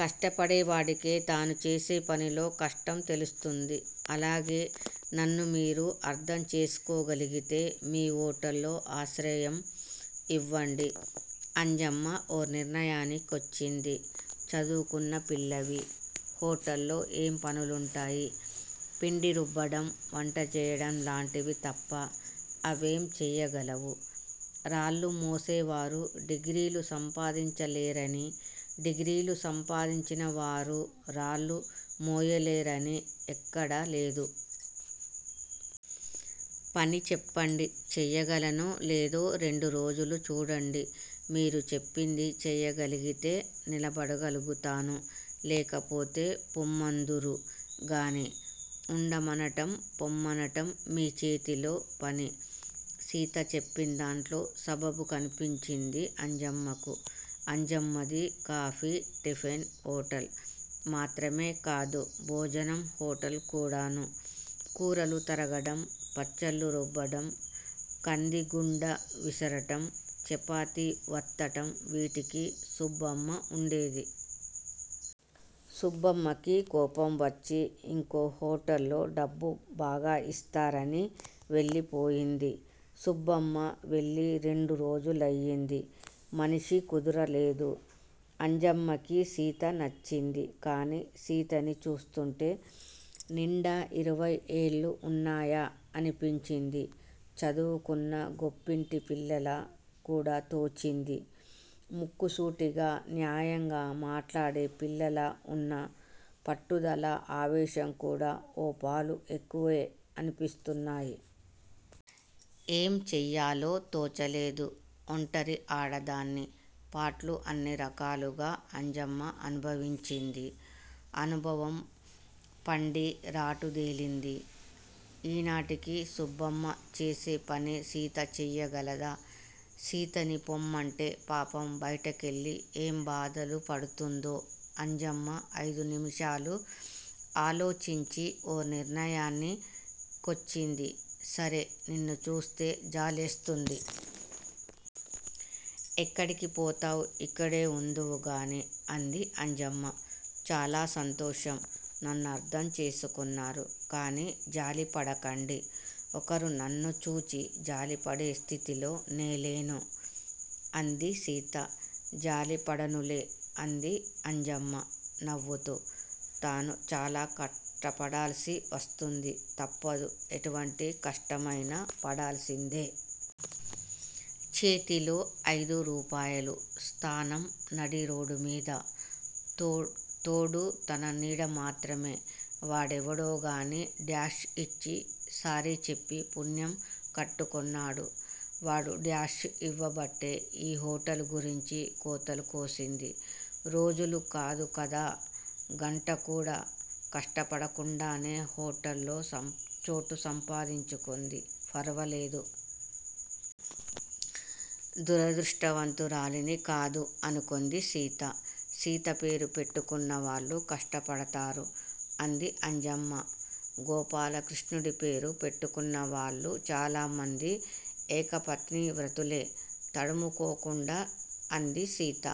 కష్టపడే వాడికే తాను చేసే పనిలో కష్టం తెలుస్తుంది. అలాగే నన్ను మీరు అర్థం చేసుకోగలిగితే, మీ హొటల్లో ఆశ్రయం ఇవ్వండి. అంజమ్మ ఓ నిర్ణయాని కొచ్చింది. చదువుకున్న పిల్లవి, హొటల్లో ఏం పనులుంటాయి? పిండి రుబ్బడం, వంట చేయటంలాంటివి తప్ప! అవేం చేయగలవు? రాళ్ళు మోసేవారు డిగ్రీలు సంపాదించలేరని, డిగ్రీలు సంపాదించిన వారు రాళ్లు మోయలేరని, ఎక్కడా లేదు. పని చెప్పండి. చేయగలనో లేదో రెండురోజులు చూడండి! మీరు చెప్పింది చేయగలిగితే నిలబడగలుగుతాను! లేకపోతే పోమ్మందురు గాని ఉండమనటం, పోమ్మనటం మీ చేతిలో పని. సీత చెప్పిందాంట్లో సబబు కనిపించింది అంజమ్మకు. అంజమ్మది కాఫీ, టిఫెన్ హొటల్ మాత్రమేకాదు. భోజనం హొటల్ కూడాను. కూరలు తరగటం, పచ్చళ్లు రుబ్బటం, కందిగుండ విసరటం, చపాతీ వత్తటం, వీటికి సుబ్బమ్మ వుండేది. సుబ్బమ్మకి కోపం వచ్చి ఇంకో హొటల్లో డబ్బు బాగా ఇస్తారని వెళ్ళిపోయింది. సుబ్బమ్మ వెళ్ళి రెండురోజులయింది మనిషి కుదరలేదు. అంజమ్మకి సీత నచ్చింది! కానీ సీతని చూస్తుంటే నిండా ఇరవై ఏళ్ళు వున్నాయా? అనిపించింది. చదువుకున్న గొప్పింటి పిల్లలా కూడా తోచింది. ముక్కుసూటిగా న్యాయంగా మాట్లాడే పిల్లలా వున్నా, పట్టుదల, ఆవేశం కూడా ఓ పాలు ఎక్కూవే అనిపిస్తున్నాయి. ఏం చేయాలో తోచలేదు. ఒంటరి ఆడదాని పాట్లు అన్ని రకాలుగా అంజమ్మ అనుభవించింది! అనుభవం పండి రాటు దేలింది ఈనాటికి. సుబ్బమ్మ చేసేపని సీత చేయగలదా? సీతని పొమ్మంటే పాపం బైటకెళ్ళి ఏం బాధలుపడుతుందో? అంజమ్మ అయిదు నిముషాలు ఆలోచించి ఓ నిర్ణయాని కొచ్చింది. సరే, నిన్నుచూస్తే జాలేస్తుంది! ఎక్కడికిపోతావ్? ఇక్కడే వుందువు గాని. అంది అంజమ్మ. చాలా సంతోషం! నన్నర్థం చేసుకున్నారు. కానీ జాలిపడకండి! ఒకరు నన్ను చూచి జాలిపడే స్థితిలో నే లేను. అంది సీత. జాలిపడనులే అంది అంజమ్మ నవ్వుతూ. తాను చాలా కష్టపడాల్సి వస్తుంది. తప్పదు ఎటువంటి కష్టమయినా పడాల్సిందే. చేతిలో అయిదు రూపాయలు, స్థానం నడిరోడ్డుమీద, తోడు తన నీడమాత్రమే! వాడెవడోగానీ డాష్ ఇచ్చి సారీ చెప్పి పుణ్యం కట్టుకున్నాడు. వాడు డాష్ ఇవ్వబట్టే ఈ హొటల్ గురించి కోతలు కోసింది. రోజులు కాదుకదా, గంట కూడా కష్ట పడకుండానే హొటల్లో చోటు సంపాదించుకుంది! ఫరవాలేదు! దురదృష్టవంతురాలీని కాదు. అనుకుంది సీత. సీత పేరు పెట్టుకున్నవాళ్ళు కష్ట పడతారు. అంది అంజమ్మ. గోపాలకృష్ణుడి పేరు పెట్టుకున్నవాళ్లు చాలా మంది ఏకపత్నీ వ్రతులే! తడుముకోకుండా అంది సీత!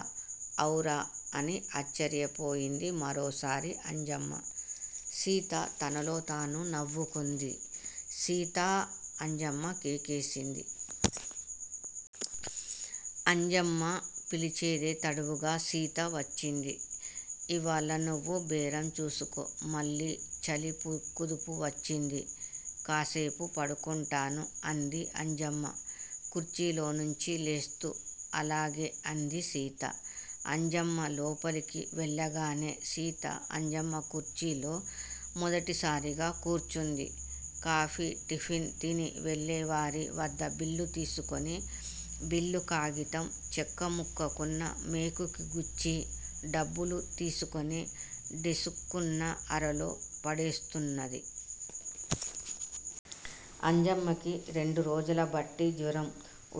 ఔరా! అని ఆశ్చర్యపోయింది మరోసారి అంజమ్మ. సీత తనలో తాను నవ్వుకుంది! సీతా! అంజమ్మ కేకవేసింది. అంజమ్మ పిలిచిదే తడవుగా సీత వచ్చింది. ఇవాళ నువ్వు బేరం చూసుకో, మళ్ళీ చలి కుదుపు వచ్చింది, కాసేపు పడుకుంటాను. అంది అంజమ్మ కుర్చీలోంచి లేస్తూ. అలాగే. అంది సీత. అంజమ్మ లోపలికి వెళ్ళగానే సీత, అంజమ్మ కుర్చీలో మొదటి సారిగా కూర్చుంది. కాఫి, టిఫెన్ తిని వెళ్ళేవారి వద్ద బిల్లుతీసుకుని బిల్లు కాగితం చెక్కముక్కకున్న మేకుకి గుచ్చి డబ్బులు తీసుకుని డిస్కుకున్న అరలో పడేస్తున్నది. అంజమ్మకి రెండు రోజుల బట్టి జ్వరం.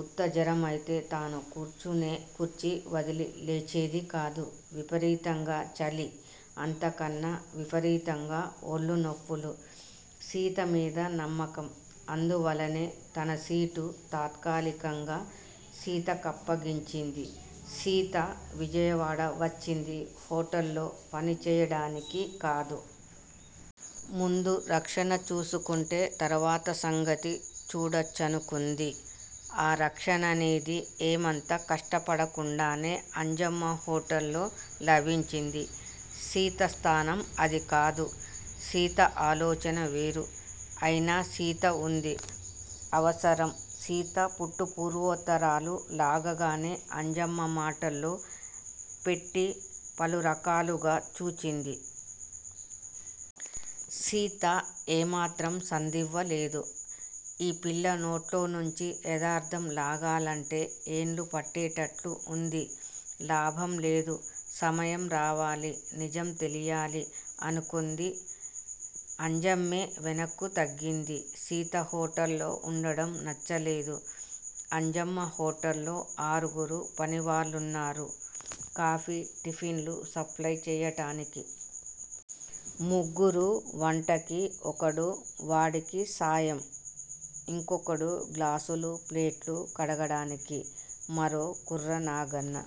ఉత్త జ్వరమయితే తను కూర్చునే కుర్చీ వదిలి లేచేదికాదు. విపరీతంగా చలి. అంతకన్నా విపరీతంగా వళ్ళు నొప్పులు. సీత మీద నమ్మకం. అందువల్లనే తన సీటు తాత్కాలికంగా సీతకప్పగించింది. సీత విజయవాడ వచ్చింది హొటల్లో పని చేయటానికి కాదు. ముందు రక్షణ చూసుకుంటే తర్వాత సంగతి చూడొచ్చనుకుంది. ఆ రక్షణనేది ఏమంత కష్టపడకుండానే అంజమ్మ హొటల్లో లభించింది. సీత స్థానం అది కాదు, సీత ఆలోచన వేరు అయినా, సీత వుంది, అవసరం. సీత పుట్టు పూర్వోత్తరాలు లాగగానే అంజమ్మ మాటల్లో పెట్టి పలురకాలుగా చూచింది. సీత ఏమాత్రం సందివ్వలేదు. ఈ పిల్ల నోట్లనించి యదార్థం లాగాలంటే ఏళ్లు పట్టేటట్లు వుంది. లాభంలేదు, సమయం రావాలి నిజం తెలియాలి. అనుకుంది. అంజమ్మే వెనక్కు తగ్గింది. సీత హొటల్లో వుండటం నచ్చలేదు. అంజమ్మ హొటల్లో ఆరుగురు పని వాళ్లున్నారు. కాఫీ, టిఫెన్లు సప్లయి చేయటానికి ముగ్గురు, వంటకి ఒకడు, వాడికి సాయం ఇంకొకడు, గ్లాసులు ప్లేట్లు కడగటానికి మరో కుర్రనాగన్న,